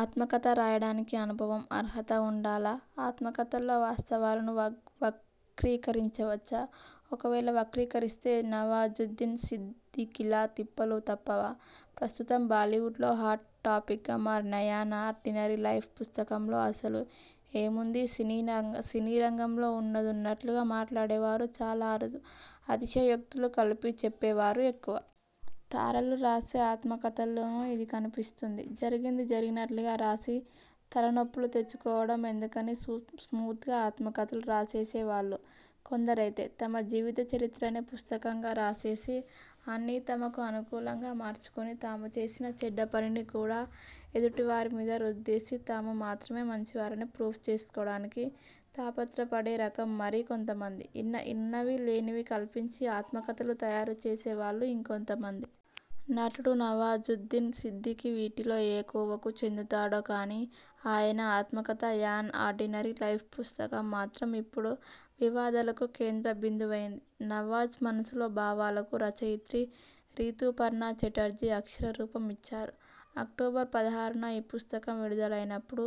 ఆత్మకథ రాయడానికి అనుభవం, అర్హత ఉండాలా? ఆత్మకథల్లో వాస్తవాలను వక్రీకరించవచ్చా? ఒకవేళ వక్రీకరిస్తే నవాజుద్దీన్ సిద్ధిఖీలా తిప్పలు తప్పవా? ప్రస్తుతం బాలీవుడ్లో హాట్ టాపిక్గా మారిన 'యాన్ ఆర్డినరీ లైఫ్' పుస్తకంలో అసలు ఏముంది? సినీరంగంలో ఉన్నదున్నట్లుగా మాట్లాడేవారు చాలా అరుదు. అతిశయోక్తులు కలిపి చెప్పేవారే ఎక్కువ. తారలు రాసే ఆత్మకథల్లోనూ ఇది కనిపిస్తుంది. జరిగింది జరిగినట్లుగా రాసి, తలనొప్పులు తెచ్చుకోవడం ఎందుకని స్మూత్గా ఆత్మకథలు రాసేసే వాళ్లు కొందరైతే, తమ జీవితచరిత్రనే పుస్తకంగా రాసేసి, అన్నీ తమకు అనుకూలంగా మార్చుకొని, తాము చేసిన చెడ్డపనిని కూడా ఎదుటివారి మీద రుద్దేసి తాము మాత్రమే మంచివారని ప్రూవ్ చేసుకోవడానికి తాపత్ర పడే రకం మరి కొంతమంది, ఉన్నవీ లేనివీ కల్పించి ఆత్మకథలు తయారు చేసేవాళ్లు ఇంకొంత మంది. నటుడు నవాజుద్దీన్ సిద్ధికీ వీటిలో ఏ కోవకు చెందుతాడో కానీ ఆయన ఆత్మకథ 'యాన్ ఆర్డినరీ లైఫ్' పుస్తకం మాత్రం ఇప్పుడు వివాదాలకు కేంద్ర బిందువైంది. నవాజ్ మనసులో భావాలకు రచయిత్రి రీతూపర్ణ ఛటర్జీ అక్షర రూపం ఇచ్చారు. అక్టోబర్ పదహారున ఈ పుస్తకం విడుదలైనప్పుడు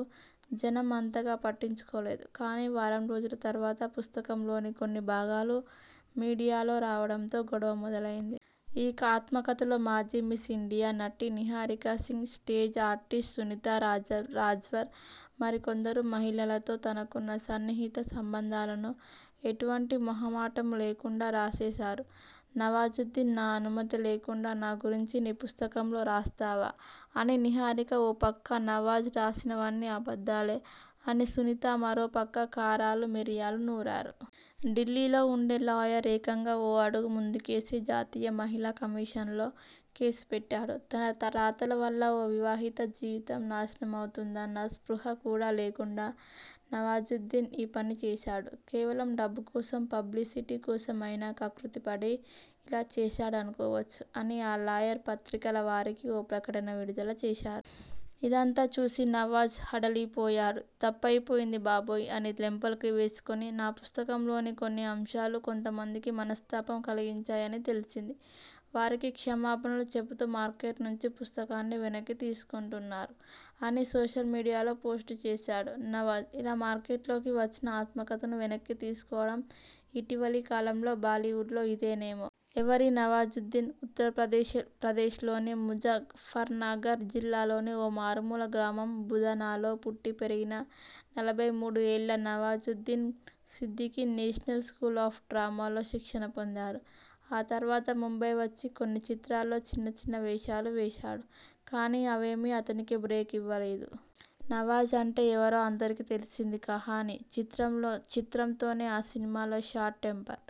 జనం అంతగా పట్టించుకోలేదు కానీ వారం రోజుల తర్వాత పుస్తకంలోని కొన్ని భాగాలు మీడియాలో రావడంతో గొడవ మొదలైంది. ఈ ఆత్మకథలో మాజీ మిస్ ఇండియా, నటి నిహారికా సింగ్, స్టేజ్ ఆర్టిస్ట్ సునీతా రాజ్వర్, మరికొందరు మహిళలతో తనకున్న సన్నిహిత సంబంధాలను ఎటువంటి మొహమాటమూ లేకుండా రాసేశారు నవాజుద్దీన్. 'నా అనుమతి లేకుండా నా గురించి నీ పుస్తకంలో రాస్తావా? ' అని నిహారిక ఓ పక్క, 'నవాజ్ రాసినవన్నీ అబద్ధాలే' అని సునీత మరో పక్క కారాలూ మిరియాలూ నూరారు., ఢిల్లీలో ఉండే లాయర్ ఏకంగా ఓ అడుగు ముందుకేసి జాతీయ మహిళా కమిషన్లో కేసు పెట్టాడు. ' తన రాతల వల్ల ఓ వివాహిత జీవితం నాశనమవుతుందన్న స్పృహ కూడా లేకుండా నవాజుద్దీన్ ఈ పని చేశాడు. కేవలం డబ్బు కోసం, పబ్లిసిటీ కోసం ఆయన కక్కుర్తి పడి ఇలా చేశాడనుకోవచ్చు' అని ఆ లాయర్ పత్రికల వారికీ ఓ ప్రకటన విడుదల చేశారు. ఇదంతా చూసి నవాజ్ హడలిపోయాడు. 'తప్పయిపోయింది బాబోయ్' అని లెంపలు వేసుకొని ' నా పుస్తకంలోని కొన్ని అంశాలు. కొంతమందికి మనస్థాపం కలిగించాయని తెలిసింది. వారికి క్షమాపణలు చెబుతూ మార్కెట్ నుంచి పుస్తకాన్ని వెనక్కి తీసుకొంటున్నాను' అని సోషల్ మీడియాలో పోస్ట్ చేశాడు నవాజ్. ఇలా మార్కెట్లోకి వచ్చిన ఆత్మకథను వెనక్కి తీసుకోవడం ఇటీవలి కాలంలో బాలీవుడ్లో ఇదేనేమో! ఎవరీ నవాజుద్దీన్? ఉత్తరప్రదేశ్లోని ముజ ఫర్నగర్ జిల్లాలోని ఓ మారుమూల గ్రామం బుధానాలో పుట్టి పెరిగిన నలభై మూడు ఏళ్ల Nawazuddin Siddiqui national school of డ్రామాలో శిక్షణ పొందారు. ఆ తర్వాత ముంబై వచ్చి కొన్ని చిత్రాల్లో చిన్న చిన్న వేషాలు వేశాడు కానీ అవేమీ అతనికి బ్రేక్ ఇవ్వలేదు. నవాజ్ అంటే ఎవరో అందరికీ తెలిసింది 'కహానీ' చిత్రంతోనే ఆ సినిమాలో షార్ట్ టెంపర్